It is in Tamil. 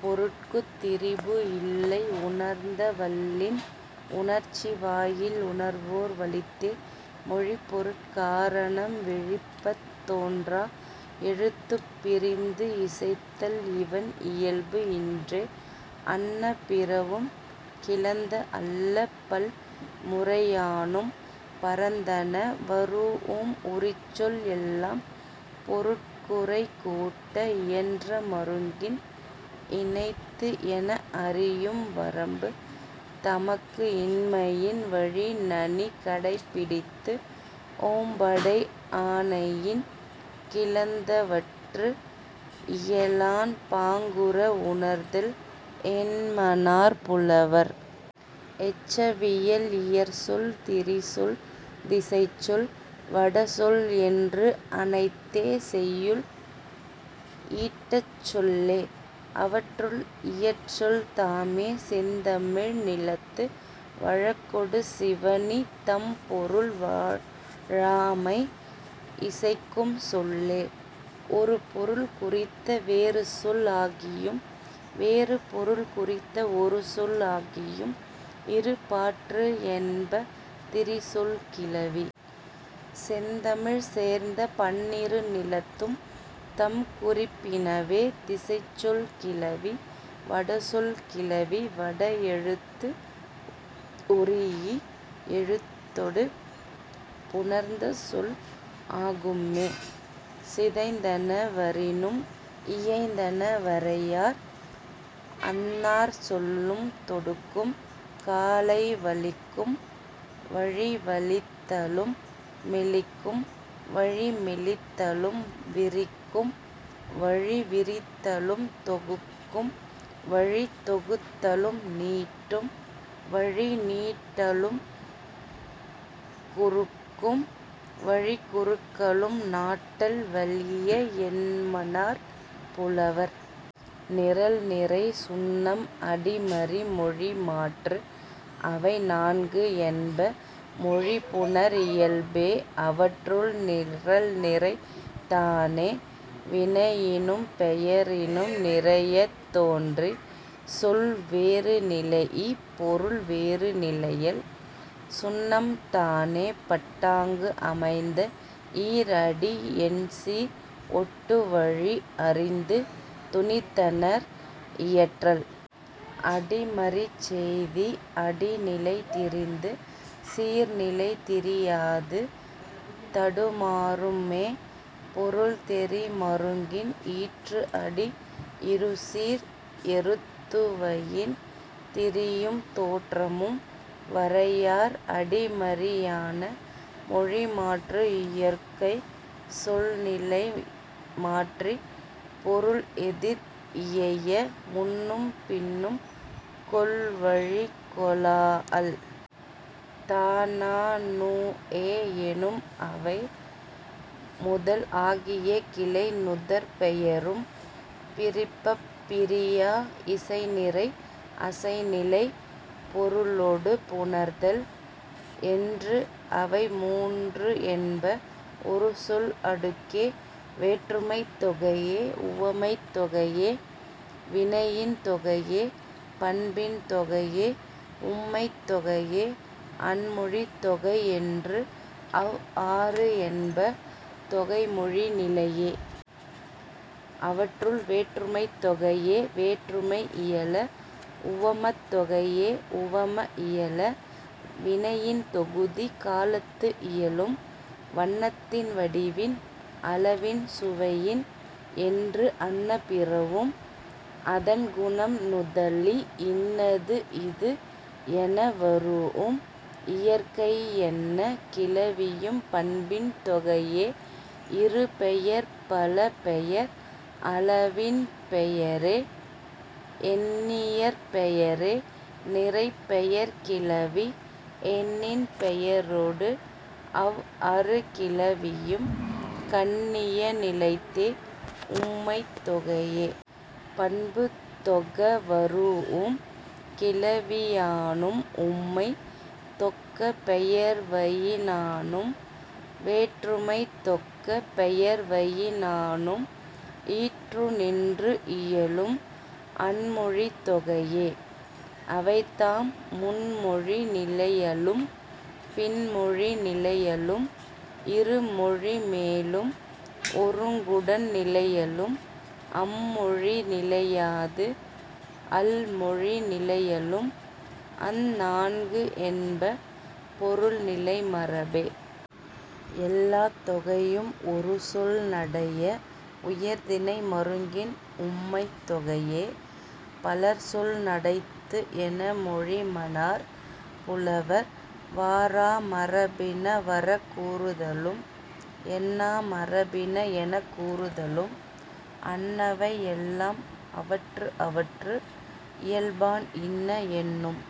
பொருட்குத் திரிபு இல்லை உணர்த்த வல்லின். உணர்ச்சி வாயில் உணர்வோர் வலித்தே. மொழிப் பொருட் காரணம் விழிப்பத் தோன்றா. எழுத்துப் பிரிந்து இசைத்தல் இவண் இயல்பு இன்றே அன்ன பிறவும் கிளந்த அல்ல பல் முறையானும் பரந்தன வரூஉம் உரிச்சொல் எல்லாம் பொருட்குறை கூட்ட இயன்ற மருங்கின் இனைத்து என அறியும் வரம்பு தமக்கு இன்மையின் வழி நனி கடைப்பிடித்து ஓம்படை ஆணையின் கிளந்தவற்று இயலான் பாங்குற உணர்தல் என்மனார் புலவர்.. எச்சவியல் இயற்சொல் திரிசொல் திசைச்சொல் வடசொல் என்று அனைத்தே செய்யுள் ஈட்டச் சொல்லே. அவற்றுள், இயற்சொல்தாமே செந்தமிழ் நிலத்து வழக்கொடு சிவணி தம் பொருள் வழாமை இசைக்கும் சொல்லே. ஒரு பொருள் குறித்த வேறு சொல் ஆகியும் வேறு பொருள் குறித்த ஒரு சொல் ஆகியும் இரு பாற்று என்ப திரிசொல் கிளவி. செந்தமிழ் சேர்ந்த பன்னிரு நிலத்தும் தம் குறிப்பினவே திசைச்சொல் கிளவி. வடசொல் கிளவி வட எழுத்து ஒரீஇ எழுத்தொடு புணர்ந்த சொல் ஆகும்மே. சிதைந்தன வரினும் இயைந்தன வரையார். அந் நாற் சொல்லும் தொடுக்கும் காலை வலிக்கும் வழி வலித்தலும் மெலிக்கும் வழி மெலித்தலும் விரிக்கும் வழி விரித்தலும் தொகுக்கும் வழித் தொகுத்தலும் நீட்டும் வழி நீட்டலும் குறுக்கும் வழிக் குறுக்கலும் நாட்டல் வலிய என்மனார் புலவர். நிரல்நிறை சுண்ணம் அடிமறி மொழிமாற்று அவை நான்கு என்ப மொழி புணர் இயல்பே. அவற்றுள், நிரல்நிறைதானே வினையினும் பெயரினும் நினையத் தோன்றி சொல் வேறு நிலைஇ பொருள் வேறு நிலையல். சுண்ணம்தானே பட்டாங்கு அமைந்த ஈர் அடி எண் சீர் ஒட்டு வழி அறிந்து துணித்தனர் இயற்றல். அடிமறிச் செய்தி அடி நிலை திரிந்து சீர் நிலை திரியாது தடுமாறும்மே. பொருள் தெரி மருங்கின் ஈற்று அடி இறு சீர் எருத்துவயின் திரியும் தோற்றமும் வரையார் அடிமறியான. மொழிமாற்று இயற்கை சொல் நிலை மாற்றி பொருள் எதிர் இயைய முன்னும் பின்னும் கொள் வழிக் கொளாஅல். த ந நு எ எனும் அவை முதல் ஆகிய கிளை நுதற் பெயரும் பிரிப்பப் பிரியா. இசைநிறை அசைநிலை பொருளொடு புணர்தல் என்று அவை மூன்று என்ப ஒரு சொல் அடுக்கே. வேற்றுமைத்தொகையே உவமத்தொகையே வினையின்தொகையே பண்பின்தொகையே உம்மைத்தொகையே அன்மொழித்தொகை என்று அவ் ஆறு என்ப தொகைமொழி நிலையே. அவற்றுள், வேற்றுமைத்தொகையே வேற்றுமை இயல. உவமத்தொகையே உவம இயல. வினையின்தொகுதி காலத்து இயலும். வண்ணத்தின் வடிவின் அளவின் சுவையின் என்று அன்ன பிறவும் அதன் குணம் நுதலி இன்னது இது என வரூஉம் இயற்கை என்ன கிளவியும் பண்பின்தொகையே. இரு பெயர் பல பெயர் அளவின்பெயரே எண்ணியற்பெயரே நிறைப்பெயர்க் கிளவி எண்ணின்பெயரொடு அவ் அறு கிளவியும் கண்ணிய நிலைத்தே உம்மைத்தொகையே. பண்பு தொக வரூஉம் கிளவியானும் உம்மை தொக்க பெயர்வயினானும் வேற்றுமை தொக்க பெயர்வயினானும் ஈற்று நின்று இயலும் அன்மொழித்தொகையே. அவைதாம், முன் மொழி நிலையலும் பின் மொழி நிலையலும் இரு மொழி மேலும் ஒருங்குடன் நிலையலும் அம் மொழி நிலையாது அல் மொழி நிலையலும் அந் நான்கு என்ப பொருள் நிலை மரபே. எல்லாத் தொகையும் ஒரு சொல் நடைய. உயர்திணை மருங்கின் உம்மைத்தொகையே பலர்சொல் நடைத்து என மொழிமனார் புலவர். வாரா மரபின வரக் கூறுதலும் என்னா மரபின எனக் கூறுதலும் அன்னவை எல்லாம் அவற்று அவற்று இயல்பான் இன்ன என்னும்